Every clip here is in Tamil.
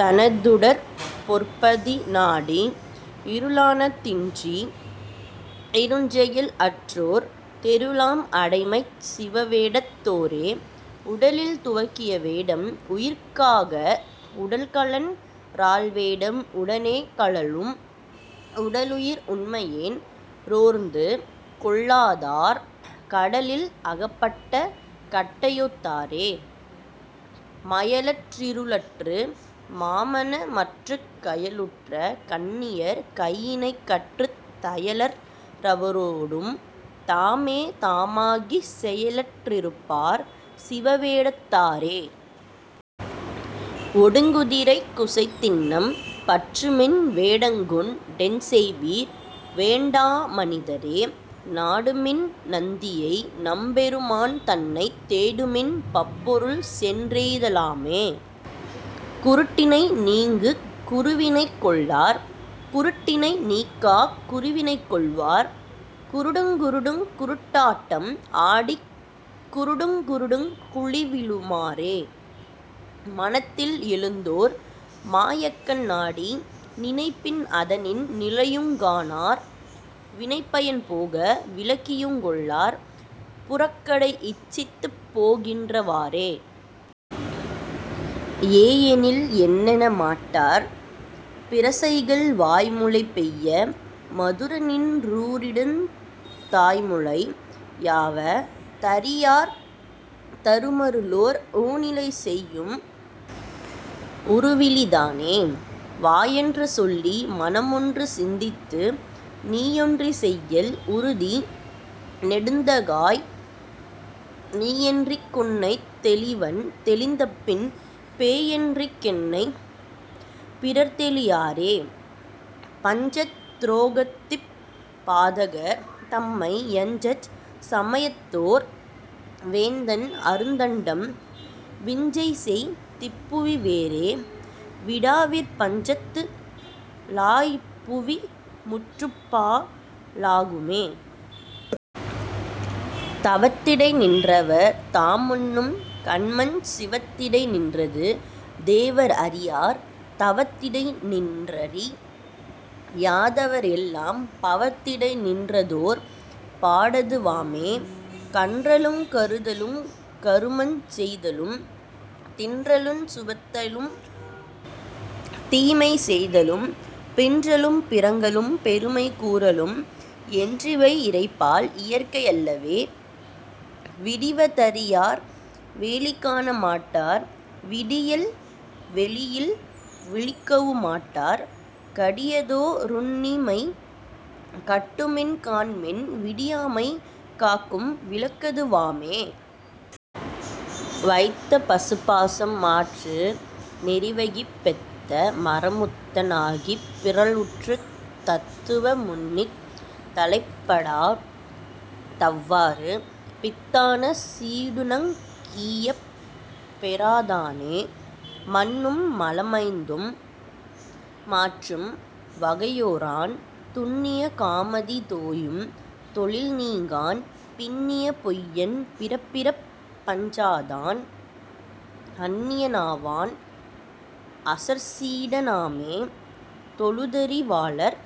தனதுடற் பொற்பதி நாடி இருளான தின்றி யிருஞ்செயல் அற்றோர் தெருளாம் அடிமைச் சிவவேடத் தோரே. உடலில் துவக்கிய வேடம் உயிர்க்காகா உடல்கழன் றால்வேடம் உடனே கழலும் உடலுயிர் உண்மையென் றோர்ந்துகொள்ளாதார் கடலில் அகல்பட்ட கட்டையொத் தாரே. மயலற் றிருளற்று மாமன மற்றுக் கயலுற்ற கண்ணியர் கையிணைக் கற்றுத் தயலற் றவரோடும் தாமே தாமாகிச் செயலற் றிருப்பார் சிவவேடத் தாரே. ஒடுங் குதிரைக் குசைதிண்ணம் பற்றுமின் வேடங்கொண் டென்செய்வீர் வேண்டாமனிதரே நாடுமின் நந்தியை நம்பெரு மான்தன்னைத் தேடுமின் பப்பொருள் சென்றெய்த லாமே. குருட்டினை நீக்குங் குருவினைக் கொள்ளார் குருட்டினை நீக்காக் குருவினைக் கொள்வார் குருடுங் குருடுங் குருட்டாட்டம் ஆடிக் குருடுங் குருடுங் குழிவிழு மாறே. மனத்தில் எழுந்ததோர் மாயக்கண் ணாடி நினைப்பின் அதனின் நிழலையுங் காணார் வினைப்பயன் போக விளக்கியுங் கொள்ளார் புறக்கடை இச்சித்துப் போகின்ற வாறே. ஏயெனில் என்னென மாட்டார் பிரசைகள் வாய்முலை பெய்ய மதுரநின் றூறிடுந் தாய்முலை யாவ தறியார் தமருளோர் ஊனிலை செய்யும் உருவிலி தானே. வாயென்று சொல்லி மனமொன்று சிந்தித்து நீயொன்று செய்யல் உறுதி நெடுந்தகாய் நீயென்றிங் குன்னைத் தெளிவன் தெளிந்தபின் பேயென்றிங் கென்னைப் பிறர்தெளி யாரே. பஞ்சத் துரோகத்திப் பாதகர் தம்மை யஞ்சச் சமயத்தோர் வேந்தன் அருந்தண்டம் விஞ்சச்செய் திப்புவி வேறே விடாவிடிற் பஞ்சத்து ளாய்புவி முற்றும்பா ழாகுமே. தவத்திடை நின்றவர் தாமுண்ணும் கன்மஞ் சிவத்திடை நின்றது தேவர் அறியார் தவத்திடை நின்றறி யாதவர் எல்லாம் பவத்திடை நின்றதோர் பாடது வாமே. கன்றலுங் கருதலுங் கருமஞ் செய்தலும் தின்றலுஞ் சுவைத்தலுந் தீமைசெய்தலும் பின்றலும் பிறங்கலும் பெருமை கூறலும் என்றிவை இறைபால் இயற்கை அல்லவே. விடிவ தறியார் வெளிகாண மாட்டார் விடியில் வெளியில் விழிக்கவு மாட்டார் கடியதோ ருண்ணிமை கட்டுமின் காண்மின் விடியாமை காக்கும் விளக்கது வாமே. வைத்த பசுபாசம் மாற்று நெறிவைகிப் பெத்த மறமுத்த னாகிப் பிறழ்வுற்றுத் தத்துவ முன்னித் தலைப்படா தவ்வாறு பித்தான சீடனுக் கீயப் பெறாதானே. மன்னும் மலம்ஐந்தும் மாற்றும் வகையோரான் துன்னிய காமாதி தோயும் தொழில்நீங்கான் பின்னிய பொய்யன் பிறப்பிறப் பஞ்சாதான் அன்னிய னாவன் அசற்சீட னாமே. தொழுதறி வாளர்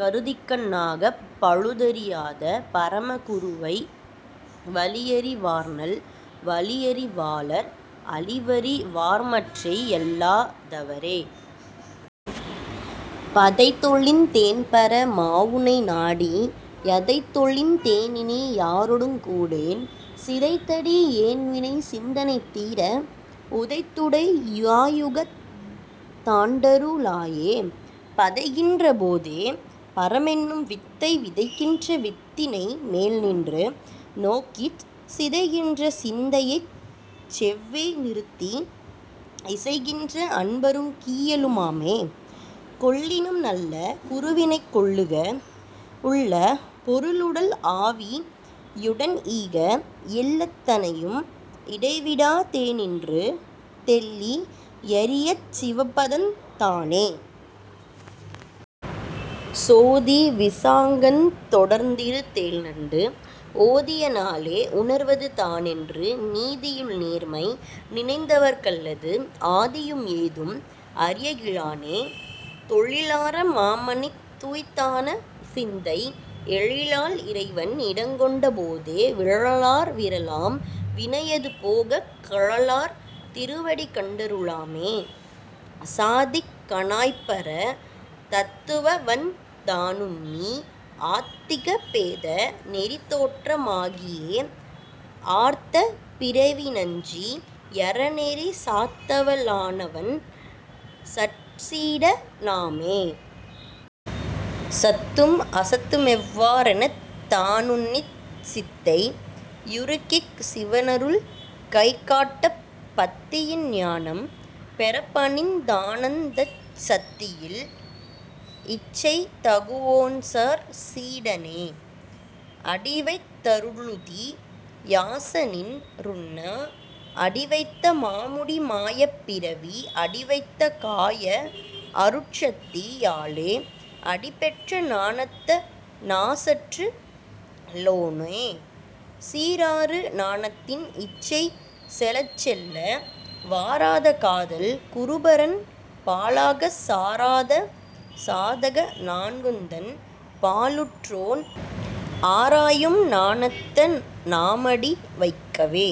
கருதிகண் ணாகப் பழுதறியாத பரம குருவை வழியறி வார்நல் வழியறி வாளர் அழிவறி வார்மற்றை யல்லா தவரே. பதைதொழிந் தேன்பர மாவுனை நாடி யதைத்தொழிந் தேன்இனி யாரொடுங் கூடேன் சிதைத்தடி யேன்வினை சிந்தனை தீர உதைத்துடை யாயுகந் தாண்டரு ளாயே. பதைக்கின்ற போதே பரமென்னும் வித்தை விதைக்கின்ற வித்தினை மேல்நின்று நோக்கிச் சிதைக்கின்ற சிந்தையைச் செவ்வே நிறுத்தி இசைக்கின்ற அன்பருக் கீயலு மாமே. கொள்ளினும் நல்ல குருவினைக் கொள்ளுக உள்ள பொருளுடல் ஆவி யுடன்ஈக எள்ளத் தனையும் இடைவிடா தேநின்று தெள்ளி யறியச் சிவபதந் தானே. சோதி விசாகந் தொடர்ந்திரு தேள்நண்டு ஓதிய நாளே உணர்வது தானென்று நீதியுள் நேர்மை நினைந்தவர்க் கல்லது ஆதியும் ஏதும் அறியகி லானே. தொழிலார மாமணித் தூய்தான சிந்தை எழிலால் இறைவன் இடங்கொண்ட போதே விழலார் விறலாம் வினையது போகக் கழலார் திருவடி கண்டரு ளாமே. சாத்திக னாய்ப்பர தத்துவவந் தானுன்னி ஆத்திக பேத நெறிதோற்ற மாகியே ஆர்த்த பிறவியி னஞ்சி யறநெறி சாத்தவல் லானவன் சற்சீட னாமே. சத்தும் அசத்துமெவ் வாறெனத் தானுன்னிச் சித்தை யுருக்கிக் சிவனருள் கைகாட்டப் பத்தியின் ஞானம் பெறப்பணிந் தானந்தச் சத்தியில் இச்சை தகுவோன்சற் சீடனே. அடிவைத் தருளுதி யாசானின் றுன்னா அடிவைத்த மாமுடி மாயப் பிறவி அடிவைத்த காய அருட்சத்தி யாலே அடிபெற்ற ஞானத்த னாசற்று ளோனே. சீராரு ஞானத்தின் இச்சை செலச்செல்ல வாராத காதல் குருபரன் பாலாகச் சாராத சாதக நான்குந்தன் பாலுற்றோன் ஆராயும் ஞானத்த னாமடி வைக்கவே.